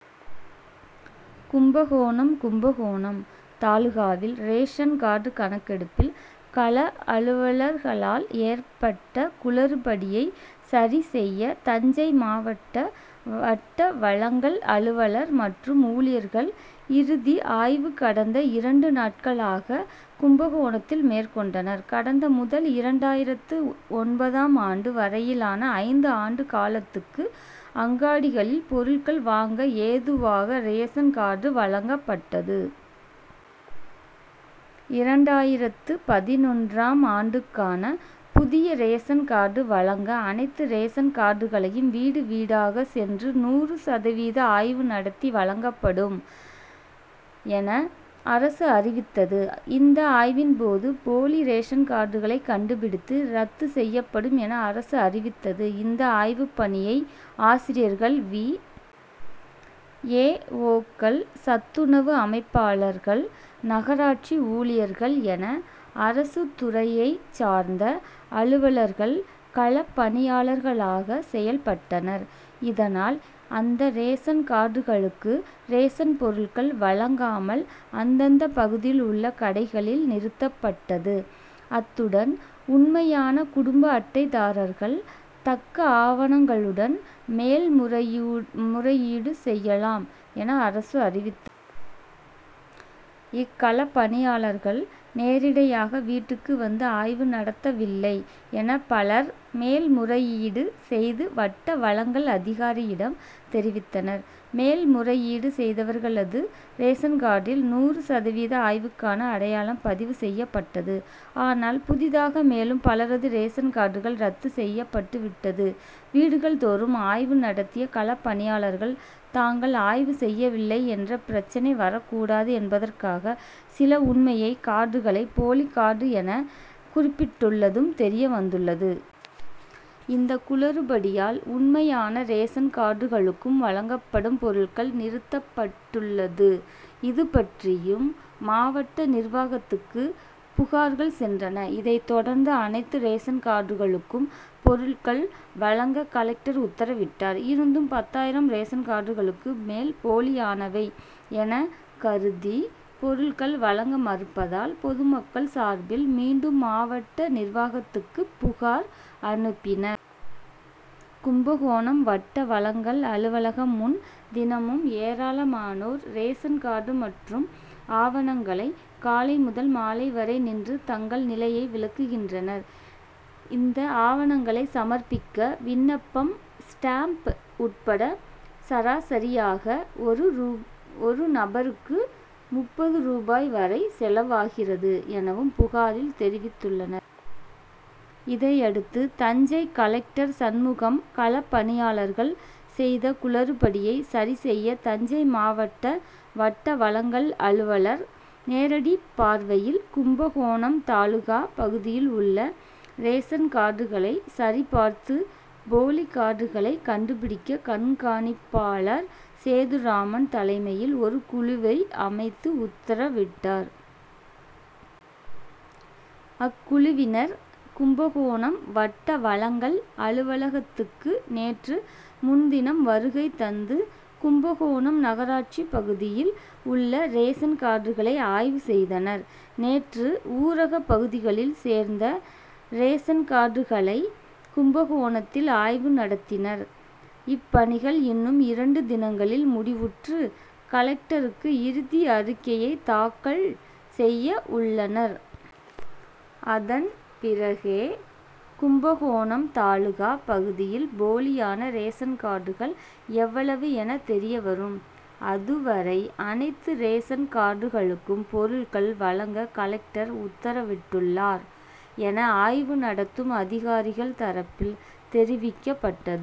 கும்பகோணம் கும்பகோணம் தாலுகாவில் ration card கணக்கெடுப்பில் கள அலுவலர்களால் ஏற்பட்ட குளறுபடியை சரி செய்ய தஞ்சை மாவட்ட வட்ட வழங்கல் அலுவலர் மற்றும் ஊழியர்கள் இறுதி ஆய்வு கடந்த இரண்டு நாட்களாக கும்பகோணத்தில் மேற்கொண்டனர். கடந்த முதல் இரண்டாயிரத்து ஒன்பதாம் ஆண்டு வரையிலான ஐந்து ஆண்டு காலத்துக்கு அங்காடிகளில் பொருள்கள் வாங்க ஏதுவாக ரேஷன் கார்டு வழங்கப்பட்டது. இரண்டாயிரத்து பதினொன்றாம் ஆண்டுக்கான புதிய ரேஷன் கார்டு வழங்க அனைத்து ரேஷன் கார்டுகளையும் வீடு வீடாக சென்று நூறு சதவீத ஆய்வு நடத்தி வழங்கப்படும் என அரசு அறிவித்தது. இந்த ஆய்வின்போது போலி ரேஷன்கார்டுகளை கண்டுபிடித்து ரத்து செய்யப்படும், என அரசு அறிவித்தது. இந்த ஆய்வுப்பணியை ஆசிரியர்கள், வி. ஏ. ஓ.,க்கள், சத்துணவு அமைப்பாளர்கள், நகராட்சி ஊழியர்கள் என அரசுத்துறையைச் சார்ந்த அலுவலர்கள் களப்பணியாளர்களாக செயல்பட்டனர். இதனால், அந்த ரேஷன்கார்டுகளுக்கு ரேஷன் பொருட்கள் வழங்காமல் அந்தந்த பகுதியில் உள்ள கடைகளில் நிறுத்தப்பட்டது. அத்துடன் உண்மையான குடும்ப அட்டைதாரர்கள் தக்க ஆவணங்களுடன் மேல்முறையீடு செய்யலாம் என அரசு அறிவித்தது. இக்களப்பணியாளர்கள் நேரிடையாக வீட்டுக்கு வந்து ஆய்வு நடத்தவில்லை, என பலர் மேல் முறையீடு செய்து வட்ட வழங்கல் அதிகாரியிடம் தெரிவித்தனர். மேல் முறையீடு செய்தவர்களது ரேஷன்கார்டில் நூறு சதவீத ஆய்வுக்கான அடையாளம் பதிவு செய்யப்பட்டது. ஆனால், புதிதாக மேலும் பலரது ரேஷன்கார்டுகள் ரத்து செய்யப்பட்டுவிட்டது. வீடுகள் தோறும் ஆய்வு நடத்திய களப்பணியாளர்கள் தாங்கள் ஆய்வு செய்யவில்லை என்ற பிரச்னை வரக்கூடாது என்பதற்காக சில உண்மையான கார்டுகளை போலி கார்டு என குறிப்பிட்டுள்ளதும் தெரியவந்துள்ளது. இந்த குளறுபடியால் உண்மையான ரேஷன்கார்டுகளுக்கும் வழங்கப்படும் பொருட்கள் நிறுத்தப்பட்டுள்ளது. இதுபற்றியும், மாவட்ட நிர்வாகத்துக்கு புகார்கள் சென்றன. இதை தொடர்ந்து அனைத்து ரேஷன்கார்டுகளுக்கும் பொருட்கள் வழங்க கலெக்டர் உத்தரவிட்டார். இருந்தும், பத்தாயிரம் ரேஷன்கார்டுகளுக்கு மேல் போலியானவை எனக்கருதி பொருள்கள் வழங்க மறுப்பதால் பொதுமக்கள் சார்பில் மீண்டும் மாவட்ட நிர்வாகத்துக்கு புகார் அனுப்பினர். கும்பகோணம் வட்ட வழங்கல் அலுவலகம் முன் தினமும் ஏராளமானோர் ரேஷன்கார்டு மற்றும் ஆவணங்களை காலை முதல் மாலை வரை நின்று தங்கள் நிலையை விளக்குகின்றனர். இந்த ஆவணங்களை சமர்பிக்க விண்ணப்பம், ஸ்டாம்ப் உட்பட சராசரியாக ஒரு நபருக்கு முப்பது ரூபாய் வரை செலவாகிறது, எனவும் புகாரில் தெரிவித்துள்ளனர். இதையடுத்து, தஞ்சை கலெக்டர் சண்முகம், களப்பணியாளர்கள் செய்த குளறுபடியை சரி செய்ய தஞ்சை மாவட்ட வட்ட வழங்கல் அலுவலர் நேரடி பார்வையில் கும்பகோணம் தாலுகா பகுதியில் உள்ள ரேஷன்கார்டுகளை சரி பார்த்து போலி கார்டுகளை கண்டுபிடிக்க கண்காணிப்பாளர் சேதுராமன் தலைமையில் ஒரு குழுவை அமைத்து உத்தரவிட்டார். அக்குழுவினர் கும்பகோணம் வட்ட வழங்கல் அலுவலகத்துக்கு நேற்று முன்தினம் வருகை தந்து கும்பகோணம் நகராட்சி பகுதியில் உள்ள ரேஷன் கார்டுகளை ஆய்வு செய்தனர். நேற்று ஊரக பகுதிகளில் சேர்ந்த ரேஷன்கார்டுகளை கும்பகோணத்தில் ஆய்வு நடத்தினர். இப்பணிகள் இன்னும் இரண்டு தினங்களில் முடிவுற்று கலெக்டருக்கு இறுதி அறிக்கையை தாக்கல் செய்ய உள்ளனர். அதன்பிறகே கும்பகோணம் தாலுகா பகுதியில் போலியான ரேஷன் கார்டுகள் எவ்வளவு என தெரியவரும். அதுவரை அனைத்து ரேஷன்கார்டுகளுக்கும் பொருள்கள் வழங்க கலெக்டர் உத்தரவிட்டுள்ளார், என ஆய்வு நடத்தும் அதிகாரிகள் தரப்பில் தெரிவிக்கப்பட்டது.